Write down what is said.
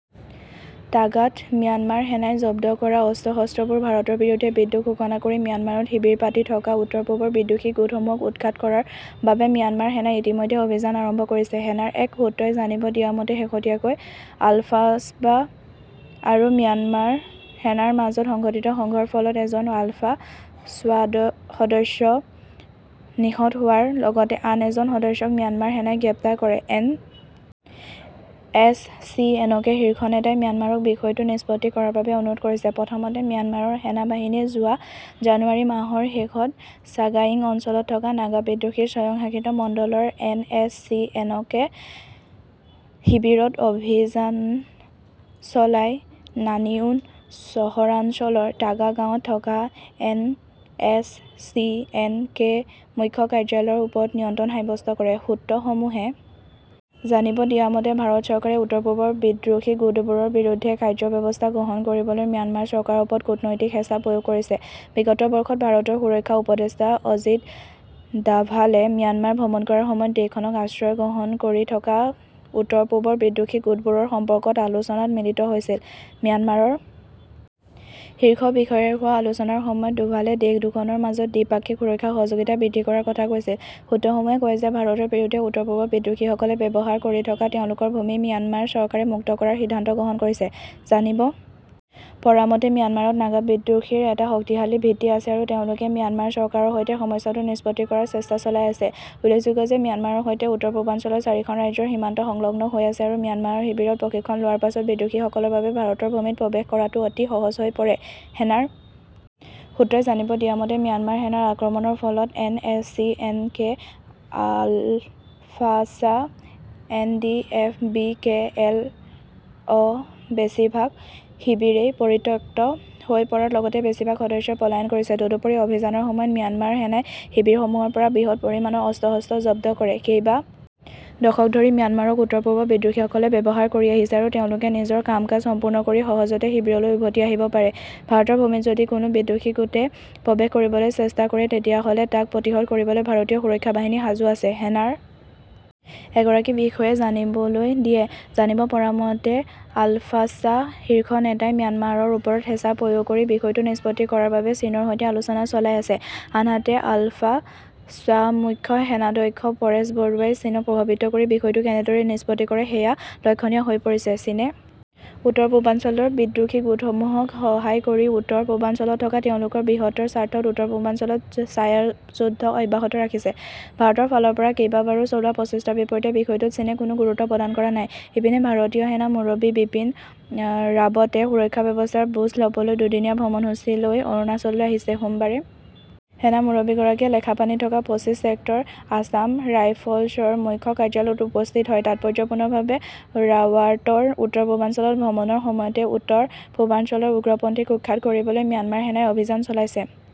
টাগাত Myanmar সেনাই জব্দ কৰা অস্ত্ৰ-শস্ত্ৰসমূহ ভাৰতৰ বিৰুদ্ধে বিদ্ৰোহ ঘোষণা কৰি ম্যানমাৰত শিবিৰ পাতি থকা উত্তৰ-পূবৰ বিদ্ৰোহী গোটসমূহক উৎখাত কৰাৰ বাবে ম্যানমাৰ সেনাই ইতিমধ্যে অভিযান আৰম্ভ কৰিছে। সেনাৰ এক সূত্ৰই জানিব দিয়া মতে শেহতীয়াকৈ আলফাস্বা আৰু ম্যানমাৰ সেনাৰ মাজত সংঘটিত সংঘৰ্ষৰ ফলত এজন আলফা স্বাসদস্য নিহত হোৱাৰ লগতে আন এজন সদস্যক ম্যানমাৰ সেনাই গ্ৰেপ্তাৰ কৰিছে। N S C N K শীৰ্ষ নেতাই ম্যানমাৰক বিষয়টো নিষ্পত্তি কৰাৰ বাবে অনুৰোধ কৰিছে। প্ৰথমতে ম্যানমাৰৰ সেনা বাহিনীয়ে যোৱা জানুৱাৰি মাহৰ শেষত ছাগায়িং অঞ্চলত থকা নাগা বিদ্ৰোহীৰ স্বয়ং শাসিত মণ্ডলৰ N S C N K শিৱিৰত অভিযান চলাই নানিয়ুন চহৰাঞ্চলৰ টাগা গাঁৱত থকা N S C N K মুখ্য কাৰ্যালয়ৰ ওপৰত নিয়ন্ত্ৰণ সাৱ্যস্ত কৰে। সূত্ৰসমূহে জানিব দিয়া মতে ভাৰত চৰকাৰে উত্তৰ-পূবৰ বিদ্ৰোহী গোটবোৰৰ বিৰুদ্ধে কাৰ্য ব্যৱস্থা গ্ৰহণ কৰিবলৈ ম্যানমাৰ চৰকাৰৰ ওপৰত কূটনৈতিক হেচা প্ৰয়োগ কৰিছে। বিগত বৰ্ষত ভাৰতৰ সুৰক্ষা উপদেষ্টা অজিত ডাভালে ম্যানমাৰ ভ্ৰমণ কৰাৰ সময়ত দেশখনত আশ্ৰয় গ্ৰহণ কৰি থকা উত্তৰ-পূবৰ বিদ্ৰোহী গোটবোৰৰ সম্পৰ্কত আলোচনাত মিলিত হৈছিল। ম্যানমাৰৰ শীৰ্ষ বিষয়াৰে হোৱা আলোচনাৰ সময়ত ডোভালে দেশ দুখনৰ মাজত দ্বি-পাক্ষিক সুৰক্ষা সহযোগিতা বৃদ্ধি কৰাৰ কথা কৈছিল। সূত্ৰসমূহে কয় যে ভাৰতৰ বিৰুদ্ধে উত্তৰ-পূবৰ বিদ্ৰোহীসকলে ব্যৱহাৰ কৰি থকা তেওঁলোকৰ ভূমি ম্যানমাৰ চৰকাৰে মুক্ত কৰাৰ সিদ্ধান্ত গ্ৰহণ কৰিছে। জানিব পৰা মতে ম্যানমাৰত নাগা বিদ্ৰোহীৰ এটা শক্তিশালী ভিত্তি আছে আৰু তেওঁলোকে ম্যানমাৰ চৰকাৰৰ সৈতে সমস্যাটো নিষ্পত্তি কৰাৰ চেষ্টা চলাই আছে। উল্লেখযোগ্য যে ম্যানমাৰৰ সৈতে উত্তৰ-পূৰ্বাঞ্চলৰ চাৰিখন ৰাজ্যৰ সীমান্ত সংলগ্ন হৈ আছে আৰু ম্যানমাৰ শিৱিৰত প্ৰশিক্ষণ লোৱাৰ পাছত বিদ্ৰোহীসকলৰ বাবে ভাৰতৰ ভূমিত প্ৰৱেশ কৰাটো অতি সহজ হৈ পৰে। সেনাৰ সূত্ৰই জানিব দিয়া মতে ম্যানমাৰ সেনাৰ আক্ৰমণৰ ফলত N S C N K আলফাস্বা N D F B K L O বেছিভাগ শিৱিৰেই পৰিত্যক্ত হৈ পৰাৰ লগতে বেছিভাগ সদস্যই পলায়ন কৰিছে। তদুপৰি অভিযানৰ সময়ত ম্যানমাৰ সেনাই শিৱিৰসমূহৰ পৰা বৃহৎ পৰিমানৰ অস্ত্ৰ-শস্ত্ৰ জব্দ কৰে। কেইবা দশক ধৰি ম্যানমাৰক উত্তৰ-পূবৰ বিদ্ৰোহীসকলে ব্যৱহাৰ কৰি আহিছে আৰু তেওঁলোকে নিজৰ কাম-কাজ সম্পূৰ্ণ কৰি সহজতে শিৱিৰলৈ উভতি আহিব পাৰে। ভাৰতৰ ভূমিত যদি কোনো বিদ্ৰোহী গোটে প্ৰৱেশ কৰিবলৈ চেষ্টা কৰে তেতিয়াহলে তাক প্ৰতিহত কৰিবলৈ ভাৰতীয় সুৰক্ষা বাহিনী সাজু আছে। সেনাৰ এগৰাকী বিষয়াই জানিবলৈ দিয়ে। জানিব পৰা মতে আলফাস্বা শীৰ্ষ নেতাই ম্যানমাৰৰ ওপৰত হেচা প্ৰয়োগ কৰি বিষয়টো নিষ্পত্তি কৰাৰ বাবে চীনৰ সৈতে আলোচনা চলাই আছে। আনহাতে আলফা স্বামুখ্য সেনাধ্যক্ষ পৰেশ বৰুৱাই চীনক প্ৰভাৱিত কৰি বিষয়টো কেনেদৰে নিষ্পত্তি কৰে সেয়া লক্ষণীয় হৈ পৰিছে। চীনে উত্তৰ-পূৰ্বাঞ্চলৰ বিদ্ৰোহী গোটসমূহক সহায় কৰি উত্তৰ-পূৰ্বাঞ্চলত থকা তেওঁলোকৰ বৃহত্তৰ স্বাৰ্থত উত্তৰ-পূৰ্বাঞ্চলত ছায়াযুদ্ধ অব্যাহত ৰাখিছে। ভাৰতৰ ফালৰ পৰা কেইবাবাৰো চলোৱা প্ৰচেষ্টাৰ বিপৰীতে বিষয়টোত চীনে কোনো গুৰুত্ব প্ৰদান কৰা নাই। ইপিনে ভাৰতীয় সেনা মুৰব্বী বিপিন ৰাৱটে সুৰক্ষা ব্যৱস্থাৰ বুজ লবলৈ দুদিনীয়া ভ্ৰমণসূচীলৈ অৰুণাচললৈ আহিছে। সোমবাৰে সেনা মুৰব্বী গৰাকীয়ে লেখাপানীত থকা পঁচিশ ছেক্টৰ আছাম ৰাইফলছৰ মুখ্য কাৰ্যালয়ত উপস্থিত হয়। তাৎপৰ্যপূৰ্ণভাৱে ৰাৱাটৰ উত্তৰ-পূৰ্বাঞ্চলত ভ্ৰমণৰ সময়তে উত্তৰ-পূৰ্বাঞ্চলৰ উগ্ৰপন্থীক উৎখাত কৰিবলৈ ম্যানমাৰ সেনাই অভিযান চলাইছে।